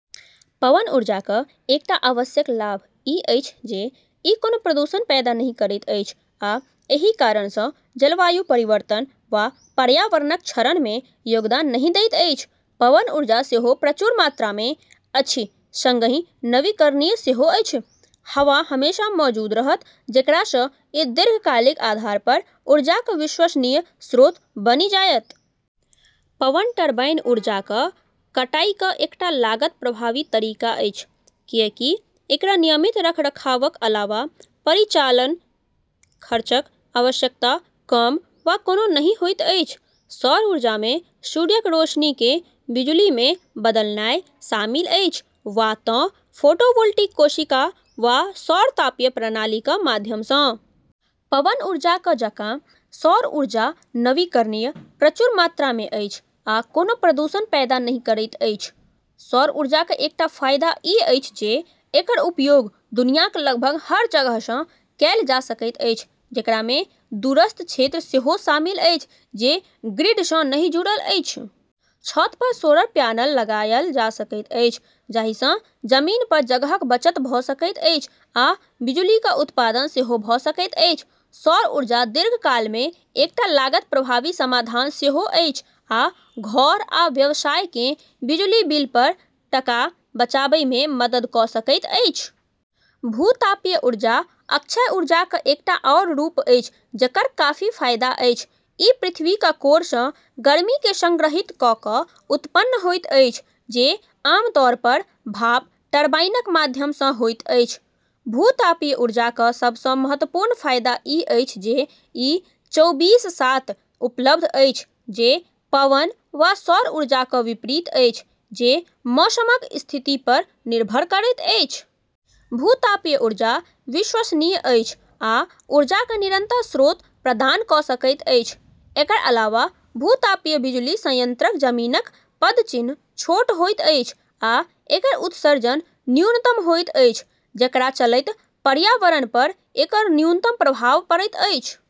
पवन ऊर्जाक एकटा आवश्यक लाभ ई अछि जे ई कोनो प्रदूषण पैदा नहि करैत अछि आ एहि कारणसँ जलवायु परिवर्तन वा पर्यावरणक क्षरणमे योगदान नहि दैत अछि। पवन ऊर्जा सेहो प्रचुर मात्रामे अछि सँगही नवीकरणीय सेहो अछि; हवा हमेशा मौजूद रहत, जेकरासँ ई दीर्घकालिक आधारपर ऊर्जाक विश्वसनीय स्रोत बनि जायत। पवन टरबाइन ऊर्जाक कटाईक एकटा लागत प्रभावी तरीका अछि, किएकि एकरा नियमित रखरखावक अलावा परिचालन खर्चक आवश्यकता कम वा कोनो नहि होइत अछि। सौर ऊर्जामे सूर्यक रोशनीकेँ बिजुलीमे बदलनाइ शामिल अछि, वा तँ फोटोवोल्टिक कोशिका वा सौर तापीय प्रणालीक माध्यमसँ। पवन ऊर्जाक जकाँ सौर ऊर्जा नवीकरणीय, प्रचुर मात्रामे अछि आ कोनो प्रदूषण पैदा नहि करैत अछि। सौर ऊर्जाक एकटा फायदा ई अछि जे एकर उपयोग दुनियाक लगभग हर जगहसँ कएल जा सकैत अछि, जेकरामे दूरस्थ क्षेत्र सेहो शामिल अछि जे ग्रिडसँ नहि जुड़ल अछि। छतपर सोलर प्यानल लगायल जा सकैत अछि, जाहिसँ जमीनपर जगहक बचत भऽ सकैत अछि आ बिजुलीक उत्पादन सेहो भऽ सकैत अछि। सौर ऊर्जा दीर्घकालमे एकटा लागत प्रभावी समाधान सेहो अछि आ घर आ व्यवसायकेँ बिजुली बिलपर टका बचाबैमे मदद कऽ सकैत अछि। भू-तापीय ऊर्जा अक्षय ऊर्जाक एकटा आओर रूप अछि जेकर काफी फायदा अछि। ई पृथ्वीक कोरसँ गर्मीकेँ सङ्ग्रहित कऽ कऽ उत्पन्न होइत अछि, जे आमतौरपर भाप टरबाइनक माध्यमसँ होइत अछि। भू-तापीय ऊर्जाक सबसँ महत्वपूर्ण फायदा ई अछि जे ई चौबीस/सात उपलब्ध अछि, जे पवन वा सौर ऊर्जाक विपरीत अछि, जे मौसमक स्थितिपर निर्भर करैत अछि। भू-तापीय ऊर्जा विश्वसनीय अछि आ ऊर्जाक निरन्तर स्रोत प्रदान कऽ सकैत अछि। एकर अलावा भू-तापीय बिजुली संयन्त्रक जमीनक पदचिह्न छोट होइत अछि आ एकर उत्सर्जन न्यूनतम होइत अछि, जेकरा चलैत पर्यावरणपर एकर न्यूनतम प्रभाव पड़ैत अछि।